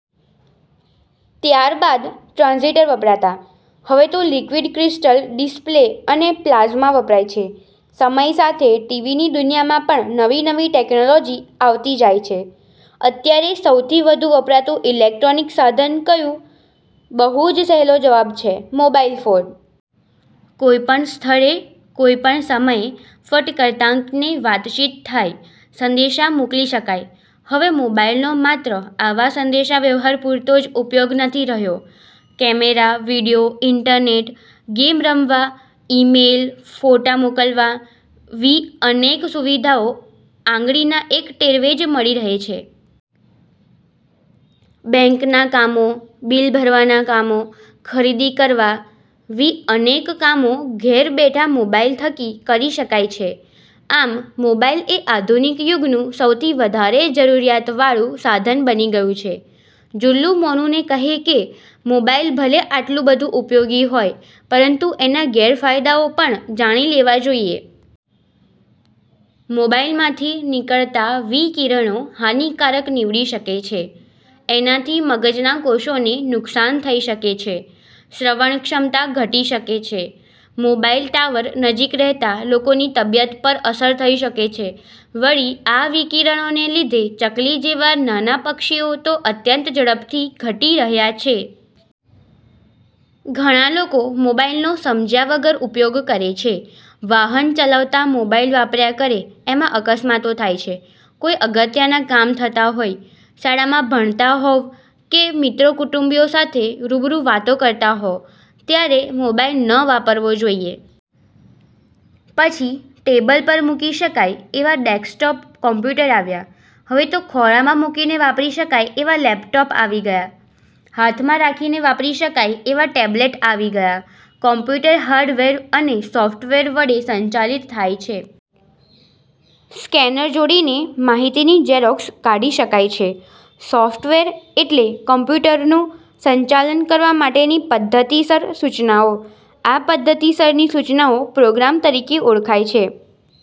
ત્યાર બાદ ટ્રાન્ઝીટર વપરાતાં. હવે તો લીક્વીડ ક્રિસ્ટલ ડિસ્પ્લે અને પ્લાઝમા વપરાય છે. સમય સાથે ટીવીની દુનિયામાં પણ નવી નવી ટેકનોલોજી આવતી જાય છે. અત્યારે સૌથી વધુ વપરાતું ઈલેક્ટ્રોનિક સાધન કયું? બહુ જ સહેલો જવાબ છે મોબાઈલ ફોન! કોઈ પણ સ્થળે, કોઈ પણ સમયે ફટ કરતાંકને વાતચીત થાય, સંદેશા મોકલી શકાય. હવે મોબાઈલનો માત્ર આવા સંદેશા વ્યવહાર પુરતો જ ઉપયોગ નથી રહ્યો. કેમેરા, વિડીયો, ઈન્ટરનેટ, ગેમ રમવા, ઈમેલ, ફોટા મોકલવા વિ અનેક સુવિધાઓ આંગળીના એક ટેરવે જ મળી રહે છે. બેંકના કામો, બીલ ભરવાના કામો, ખરીદી કરવા વિ અનેક કામો ઘેર બેઠાં મોબાઈલ થકી કરી શકાય છે. આમ મોબાઈલ એ આધુનિક યુગનું સૌથી વધારે જરૂરીયાત વાળું સાધન બની ગયું છે. જુલ્લુ મોનુને કહે કે મોબાઈલ ભલે આટલું બધું ઉપયોગી હોય પરંતુ એના ગેરફાયદાઓ પણ જાણી લેવા જોઈએ. મોબાઈલમાંથી નીકળતા વિકિરણો હાનીકારક નીવડી શકે છે. એનાથી મગજના કોષોને નુકસાન થઇ શકે છે, શ્રવણ ક્ષમતા ઘટી શકે છે. મોબાઈલ ટાવર નજીક રહેતા લોકોની તબિયત પર અસર થઇ શકે છે. વળી આ વિકિરણોને લીધે ચકલી જેવાં નાનાં પક્ષીઓ તો અત્યંત ઝડપથી ઘટી રહ્યાં છે. ઘણા લોકો મોબાઈલનો સમજ્યા વગર ઉપયોગ કરે છે. વાહન ચલાવતાં મોબાઈલ વાપર્યા કરે એમાં અકસ્માતો થાય છે. કોઈ અગત્યના કામ થતા હોય, શાળામાં ભણતા હોવ કે મિત્રો-કુટુંબીઓ સાથે રૂબરૂ વાતો કરતા હો ત્યારે મોબાઈલ ન વાપરવો જોઈએ. પછી ટેબલ પર મૂકી શકાય એવા ડેસ્કટોપ કોમ્પુટર આવ્યા. હવે તો ખોળામાં મુકીને વાપરી શકાય એવા લેપટોપ આવી ગયા. હાથમાં રાખીને વાપરી શકાય એવા ટેબ્લેટ આવી ગયા. કોમ્પ્યુટર હાર્ડવેર અને સોફ્ટવેર વડે સંચાલિત થાય છે. સ્કેનર જોડીને માહિતીની ઝેરોક્ષ કાઢી શકાય છે. સોફ્ટવેર એટલે કોમ્પ્યુટરનું સંચાલન કરવા માટેની પધ્ધતિસર સૂચનાઓ. આ પધ્ધતિસરની સૂચનાઓ પ્રોગ્રામ તરીકે ઓળખાય છે.